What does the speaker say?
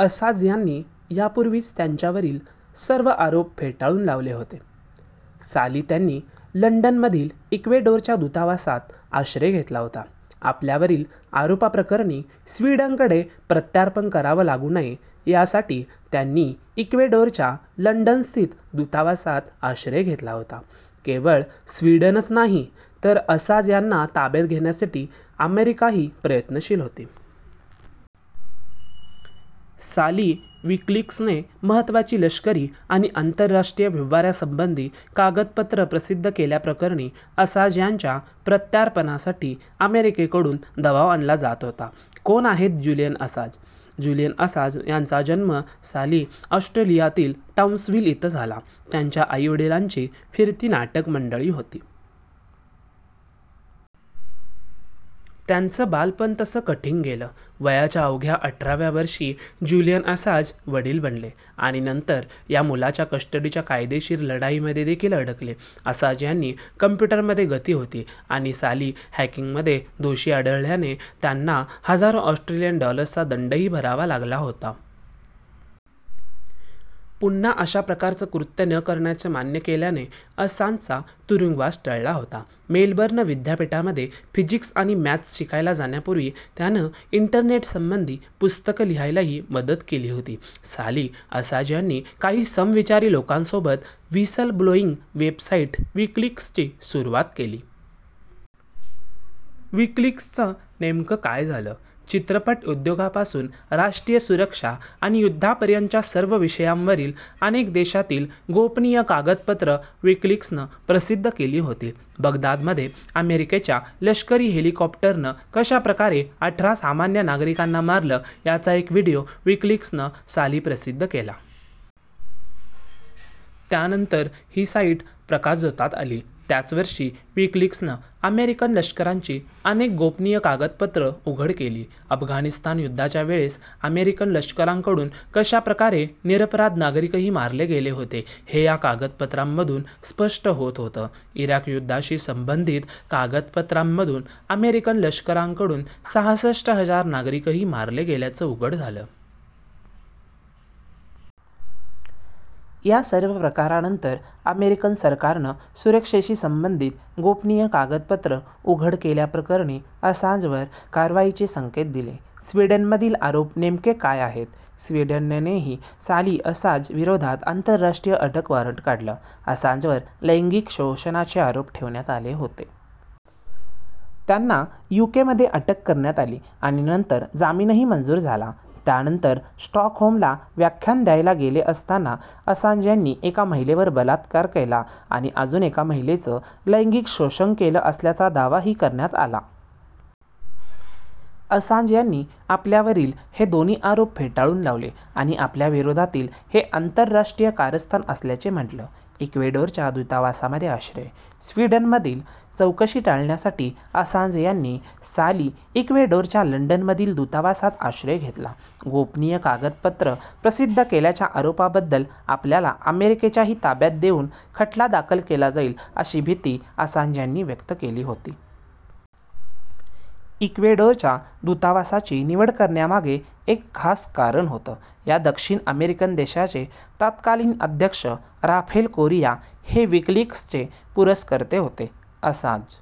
Assange यांनी यापूर्वीच त्यांच्यावरील सर्व आरोप फेटाळून लावले होते. साली त्यांनी लंडनमधील इक्वेडोरच्या दूतावासात आश्रय घेतला होता. आपल्यावरील आरोपांप्रकरणी स्वीडनकडे प्रत्यार्पण करावं लागू नये, यासाठी त्यांनी इक्वेडोरच्या लंडनस्थित दूतावासात आश्रय घेतला होता. केवळ स्वीडनच नाही तर असांज यांना ताब्यात घेण्यासाठी अमेरिकाही प्रयत्नशील होती. साली विकिलीक्सने महत्त्वाची लष्करी आणि आंतरराष्ट्रीय व्यवहारासंबंधी कागदपत्रं प्रसिद्ध केल्याप्रकरणी असांज यांच्या प्रत्यार्पणासाठी अमेरिकेकडून दबाव आणला जात होता. कोण आहेत ज्युलियन असांज? ज्युलियन असांज यांचा जन्म साली ऑस्ट्रेलियातील टाउन्सव्हिल इथं झाला. त्यांच्या आई-वडिलांची फिरती नाटकमंडळी होती. त्यांचं बालपण तसं कठीण गेलं. वयाच्या अवघ्या अठरा व्या वर्षी ज्युलियन असांज वडील बनले आणि नंतर या मुलाच्या कस्टडीच्या कायदेशीर लढाईमध्येदेखील अडकले. असांज यांनी कॉम्प्युटरमध्ये गती होती आणि साली हॅकिंगमध्ये दोषी आढळल्यानं त्यांना हजारो ऑस्ट्रेलियन डॉलर्सचा दंडही भरावा लागला होता. पुन्हा अशा प्रकारचं कृत्य न करण्याचं मान्य केल्यानं असांजचा तुरूंगवास टळला होता. मेलबर्न विद्यापीठामध्ये फिजिक्स आणि मॅथ्स शिकायला जाण्यापूर्वी त्यानं इंटरनेटसंबंधी पुस्तक लिहायलाही मदत केली होती. साली असांज यांनी काही समविचारी लोकांसोबत 'व्हिसल ब्लोइंग' वेबसाइट विकिलीक्सची सुरूवात केली. विकिलीक्सचं नेमकं झालं काय? चित्रपट, उद्योगापासून राष्ट्रीय सुरक्षा आणि युद्धापर्यंतच्या सर्व विषयांवरील अनेक देशांतील गोपनीय कागदपत्रं विकिलीक्सनं प्रसिद्ध केली होती. बगदादमध्ये अमेरिकेच्या लष्करी हेलिकॉप्टरनं कशाप्रकारे अठरा सामान्य नागरिकांना मारलं याचा एक व्हीडिओ विकिलीक्सनं साली प्रसिद्ध केला. त्यानंतर ही साइट प्रकाशझोतात आली. त्याचवर्षी विकिलीक्सनं अमेरिकन लष्कराची अनेक गोपनीय कागदपत्रं उघड केली. अफगाणिस्तान युद्धाच्या वेळेस अमेरिकन लष्कराकडून कशा प्रकारे निरपराध नागरिकही मारले गेले होते, हे या कागदपत्रांमधून स्पष्ट होत होतं. इराक युद्धाशी संबंधित कागदपत्रांमधून अमेरिकन लष्कराकडून सहासष्ट हजार नागरिकही मारले गेल्याचं उघड झालं। या सर्व प्रकारानंतर अमेरिकन सरकारनं सुरक्षेशी संबंधित गोपनीय कागदपत्र उघड केल्याप्रकरणी असांजवर कारवाईचे संकेत दिले. स्वीडनमधील आरोप नेमके काय आहेत? स्वीडननेही साली असांज विरोधात आंतरराष्ट्रीय अटक वॉरंट काढलं. असांजवर लैंगिक शोषणाचे आरोप ठेवण्यात आले होते. त्यांना युकेमध्ये अटक करण्यात आली आणि नंतर जामीनही मंजूर झाला. त्यानंतर स्टॉकहोमला व्याख्यान द्यायला गेले असताना असांज यांनी एका महिलेवर बलात्कार केला आणि अजून एका महिलेचं लैंगिक शोषण केलं असल्याचा दावाही करण्यात आला. असांज यांनी आपल्यावरील हे दोन्ही आरोप फेटाळून लावले आणि आपल्याविरोधातील हे आंतरराष्ट्रीय कारस्थान असल्याचं म्हटलं. इक्वेडोरच्या दूतावासामध्ये आश्रय स्वीडनमधील चौकशी टाळण्यासाठी असांज यांनी साली इक्वेडोरच्या लंडनमधील दूतावासात आश्रय घेतला. गोपनीय कागदपत्रं प्रसिद्ध केल्याच्या आरोपाबद्दल आपल्याला अमेरिकेच्याही ताब्यात देऊन खटला दाखल केला जाईल अशी भीती असांज यांनी व्यक्त केली होती. इक्वेडोरच्या दूतावासाची निवड करण्यामागे एक खास कारण होतं. या दक्षिण अमेरिकन देशाचे तत्कालीन अध्यक्ष राफेल कोरिआ हे विकिलीक्सचे पुरस्कर्ते होते. असांज